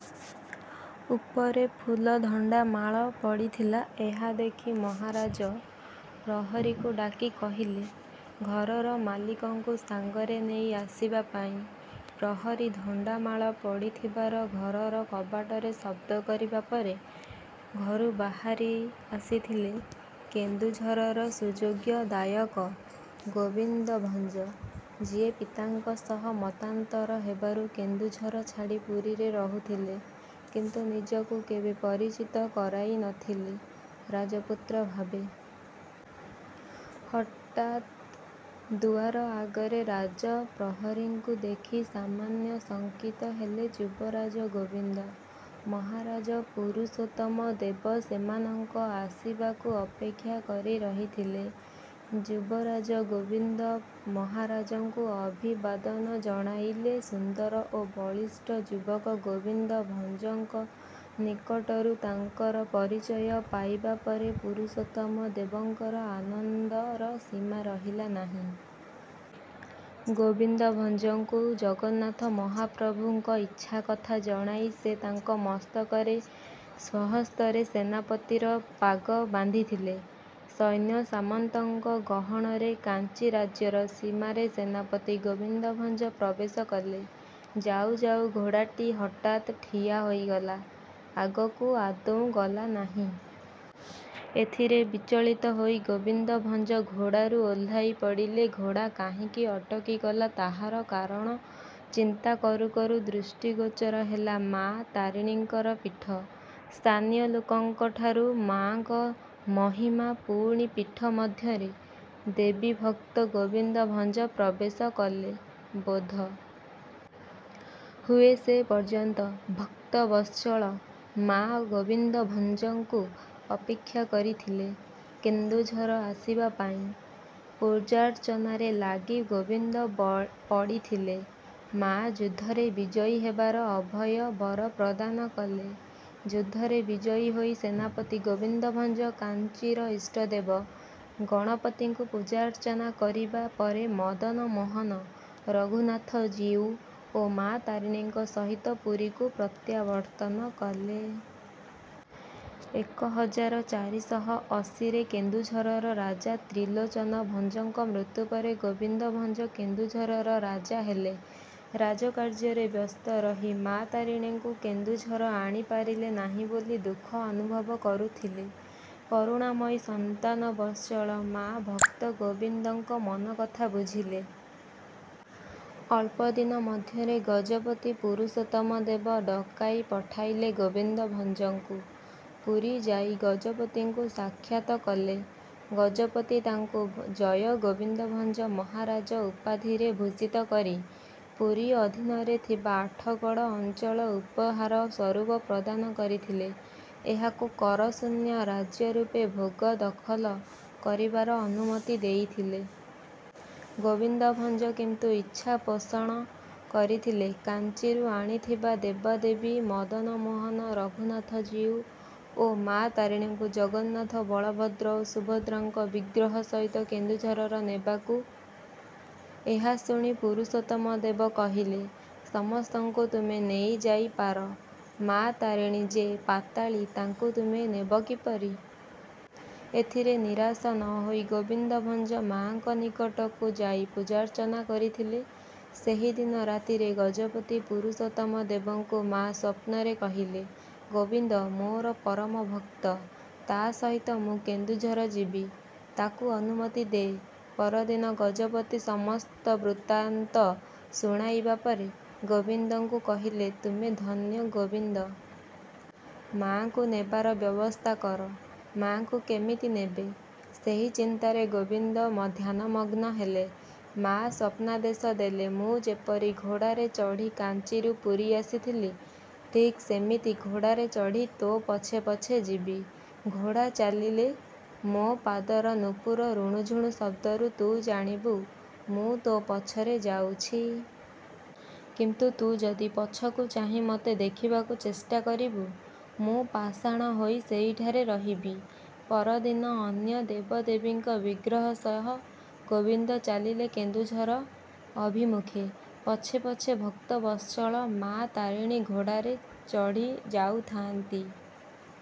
ଉପରେ ଫୁଲଧଣ୍ଡା ମାଳ ପଡ଼ିଥିଲା। ଏହା ଦେଖି ମହାରାଜ ପ୍ରହରୀକୁ ଡାକି କହିଲେ ଘରର ମାଲିକଙ୍କୁ ସାଙ୍ଗରେ ନେଇ ଆସିବା ପାଇଁ। ପ୍ରହରୀ ଧଣ୍ଡାମାଳ ପଡ଼ିଥିବାର ଘରର କବାଟରେ ଶବ୍ଦ କରିବା ପରେ ଘରୁ ବାହାରି ଆସିଥିଲେ କେନ୍ଦୁଝରର ସୁଯୋଗ୍ୟ ଦାୟଦ ଗୋବିନ୍ଦ ଭଞ୍ଜ, ଯିଏ ପିତାଙ୍କ ସହ ମତାନ୍ତର ହେବାରୁ କେନ୍ଦୁଝର ଛାଡ଼ି ପୁରୀରେ ରହୁଥିଲେ, କିନ୍ତୁ ନିଜକୁ କେବେ ପରିଚିତ କରାଇନଥିଲେ ରାଜପୁତ୍ର ଭାବେ। ହଠାତ ଦୁଆର ଆଗରେ ରାଜ ପ୍ରହରୀଙ୍କୁ ଦେଖି ସାମାନ୍ୟ ଶଙ୍କିତ ହେଲେ ଯୁବରାଜ ଗୋବିନ୍ଦ। ମହାରାଜ ପୁରୁଷୋତ୍ତମ ଦେବ ସେମାନଙ୍କ ଆସିବାକୁ ଅପେକ୍ଷା କରି ରହିଥିଲେ। ଯୁବରାଜ ଗୋବିନ୍ଦ ମହାରାଜଙ୍କୁ ଅଭିବାଦନ ଜଣାଇଲେ। ସୁନ୍ଦର ଓ ବଳିଷ୍ଠ ଯୁବକ ଗୋବିନ୍ଦ ଭଞ୍ଜଙ୍କ ନିକଟରୁ ତାଙ୍କର ପରିଚୟ ପାଇବା ପରେ ପୁରୁଷୋତ୍ତମ ଦେବଙ୍କର ଆନନ୍ଦର ସୀମା ରହିଲା ନାହିଁ। ଗୋବିନ୍ଦ ଭଞ୍ଜଙ୍କୁ ଜଗନ୍ନାଥ ମହାପ୍ରଭୁଙ୍କ ଇଛା କଥା ଜଣାଇ ସେ ତାଙ୍କ ମସ୍ତକରେ ସ୍ୱହସ୍ତରେ ସେନାପତିର ପାଗ ବାନ୍ଧିଥିଲେ। ସୈନ୍ୟସାମନ୍ତଙ୍କ ଗହଣରେ କାଞ୍ଚି ରାଜ୍ୟର ସୀମାରେ ସେନାପତି ଗୋବିନ୍ଦ ଭଞ୍ଜ ପ୍ରବେଶ କଲେ। ଯାଉ ଯାଉ ଘୋଡ଼ାଟି ହଠାତ ଠିଆ ହୋଇଗଲା, ଆଗକୁ ଆଦୌ ଗଲା ନାହିଁ। ଏଥିରେ ବିଚଳିତ ହୋଇ ଗୋବିନ୍ଦ ଭଞ୍ଜ ଘୋଡ଼ାରୁ ଓହ୍ଲାଇ ପଡ଼ିଲେ। ଘୋଡ଼ା କାହିଁକି ଅଟକିଗଲା ତାହାର କାରଣ ଚିନ୍ତା କରୁ କରୁ ଦୃଷ୍ଟିଗୋଚର ହେଲା ମାଆ ତାରିଣୀଙ୍କର ପୀଠ। ସ୍ଥାନୀୟ ଲୋକଙ୍କ ଠାରୁ ମାଆଙ୍କ ମହିମା ଶୁଣି ପୀଠ ମଧ୍ୟରେ ଦେବୀଭକ୍ତ ଗୋବିନ୍ଦ ଭଞ୍ଜ ପ୍ରବେଶ କଲେ। ବୋଧ ହୁଏ ସେ ପର୍ଯ୍ୟନ୍ତ ଭକ୍ତବତ୍ସଳ ମାଆ ଗୋବିନ୍ଦ ଭଞ୍ଜଙ୍କୁ ଅପେକ୍ଷା କରିଥିଲେ କେନ୍ଦୁଝର ଆସିବା ପାଇଁ। ପୂଜାର୍ଚ୍ଚନାରେ ଲାଗି ଗୋବିନ୍ଦ ପଡ଼ିଥିଲେ। ମାଆ ଯୁଦ୍ଧରେ ବିଜୟୀ ହେବାର ଅଭୟ ବର ପ୍ରଦାନ କଲେ। ଯୁଦ୍ଧରେ ବିଜୟୀ ହୋଇ ସେନାପତି ଗୋବିନ୍ଦ ଭଞ୍ଜ କାଞ୍ଚିର ଇଷ୍ଟଦେବ ଗଣପତିଙ୍କୁ ପୂଜାର୍ଚ୍ଚନା କରିବା ପରେ ମଦନମୋହନ, ରଘୁନାଥ ଜୀଉ ଓ ମାଆ ତାରିଣୀଙ୍କ ସହିତ ପୁରୀକୁ ପ୍ରତ୍ୟାବର୍ତ୍ତନ କଲେ। ଏକ ହଜାର ଚାରିଶହ ଅଶୀ ରେ କେନ୍ଦୁଝର ରାଜା ତ୍ରିଲୋଚନ ଭଞ୍ଜଙ୍କ ମୃତ୍ୟୁ ପରେ ଗୋବିନ୍ଦ ଭଞ୍ଜ କେନ୍ଦୁଝରର ରାଜା ହେଲେ। ରାଜକାର୍ଯ୍ୟରେ ବ୍ୟସ୍ତ ରହି ମାଆ ତାରିଣୀଙ୍କୁ କେନ୍ଦୁଝର ଆଣିପାରିଲେ ନାହିଁ ବୋଲି ଦୁଃଖ ଅନୁଭବ କରୁଥିଲେ। କରୁଣାମୟୀ ସନ୍ତାନବତ୍ସଳ ମାଆ ଭକ୍ତ ଗୋବିନ୍ଦଙ୍କ ମନକଥା ବୁଝିଲେ। ଅଳ୍ପଦିନ ମଧ୍ୟରେ ଗଜପତି ପୁରୁଷୋତ୍ତମ ଦେବ ଡକାଇ ପଠାଇଲେ ଗୋବିନ୍ଦ ଭଞ୍ଜଙ୍କୁ। ପୁରୀ ଯାଇ ଗଜପତିଙ୍କୁ ସାକ୍ଷାତ କଲେ। ଗଜପତି ତାଙ୍କୁ ଜୟ ଗୋବିନ୍ଦ ଭଞ୍ଜ ମହାରାଜ ଉପାଧିରେ ଭୂଷିତ କରି ପୁରୀ ଅଧୀନରେ ଥିବା ଆଠଗଡ଼ ଅଞ୍ଚଳ ଉପହାର ସ୍ୱରୂପ ପ୍ରଦାନ କରିଥିଲେ। ଏହାକୁ କରଶୂନ୍ୟ ରାଜ୍ୟ ରୂପେ ଭୋଗ ଦଖଲ କରିବାର ଅନୁମତି ଦେଇଥିଲେ। ଗୋବିନ୍ଦ ଭଞ୍ଜ କିନ୍ତୁ ଇଚ୍ଛା ପୋଷଣ କରିଥିଲେ କାଞ୍ଚିରୁ ଆଣିଥିବା ଦେବଦେବୀ ମଦନମୋହନ, ରଘୁନାଥଜୀଉ ଓ ମାଆ ତାରିଣୀଙ୍କୁ ଜଗନ୍ନାଥ, ବଳଭଦ୍ର ଓ ସୁଭଦ୍ରାଙ୍କ ବିଗ୍ରହ ସହିତ କେନ୍ଦୁଝର ନେବାକୁ। ଏହା ଶୁଣି ପୁରୁଷୋତ୍ତମ ଦେବ କହିଲେ, ସମସ୍ତଙ୍କୁ ତୁମେ ନେଇଯାଇପାର, ମାଆ ତାରିଣୀ ଯେ ପାତାଳୀ, ତାଙ୍କୁ ତୁମେ ନେବ କିପରି। ଏଥିରେ ନିରାଶ ନ ହୋଇ ଗୋବିନ୍ଦ ଭଞ୍ଜ ମାଆଙ୍କ ନିକଟକୁ ଯାଇ ପୂଜାର୍ଚ୍ଚନା କରିଥିଲେ। ସେହିଦିନ ରାତିରେ ଗଜପତି ପୁରୁଷୋତ୍ତମ ଦେବଙ୍କୁ ମାଆ ସ୍ୱପ୍ନରେ କହିଲେ, ଗୋବିନ୍ଦ ମୋର ପରମ ଭକ୍ତ। ତା ସହିତ ମୁଁ କେନ୍ଦୁଝର ଯିବି, ତାକୁ ଅନୁମତି ଦେ। ପରଦିନ ଗଜପତି ସମସ୍ତ ବୃତ୍ତାନ୍ତ ଶୁଣାଇବା ପରେ ଗୋବିନ୍ଦଙ୍କୁ କହିଲେ, ତୁମେ ଧନ୍ୟ ଗୋବିନ୍ଦ। ମାଆଙ୍କୁ ନେବାର ବ୍ୟବସ୍ଥା କର। ମାଆଙ୍କୁ କେମିତି ନେବେ ସେହି ଚିନ୍ତାରେ ଗୋବିନ୍ଦ ଧ୍ୟାନମଗ୍ନ ହେଲେ। ମାଆ ସ୍ୱପ୍ନାଦେଶ ଦେଲେ ମୁଁ ଯେପରି ଘୋଡ଼ାରେ ଚଢ଼ି କାଞ୍ଚିରୁ ପୁରୀ ଆସିଥିଲି, ଠିକ ସେମିତି ଘୋଡ଼ାରେ ଚଢ଼ି ତୋ ପଛେ ପଛେ ଯିବି। ଘୋଡ଼ା ଚାଲିଲେ ମୋ ପାଦର ନୁପୁର ରୁଣୁଝୁଣୁ ଶବ୍ଦରୁ ତୁ ଜାଣିବୁ ମୁଁ ତୋ ପଛରେ ଯାଉଛି। କିନ୍ତୁ ତୁ ଯଦି ପଛକୁ ଚାହିଁ ମୋତେ ଦେଖିବାକୁ ଚେଷ୍ଟା କରିବୁ, ମୁଁ ପାଷାଣ ହୋଇ ସେହିଠାରେ ରହିବି। ପରଦିନ ଅନ୍ୟ ଦେବଦେବୀଙ୍କ ବିଗ୍ରହ ସହ ଗୋବିନ୍ଦ ଚାଲିଲେ କେନ୍ଦୁଝର ଅଭିମୁଖେ। ପଛେ ପଛେ ଭକ୍ତବତ୍ସଳ ମାଆ ତାରିଣୀ ଘୋଡ଼ାରେ ଚଢ଼ି ଯାଉଥାଆନ୍ତି।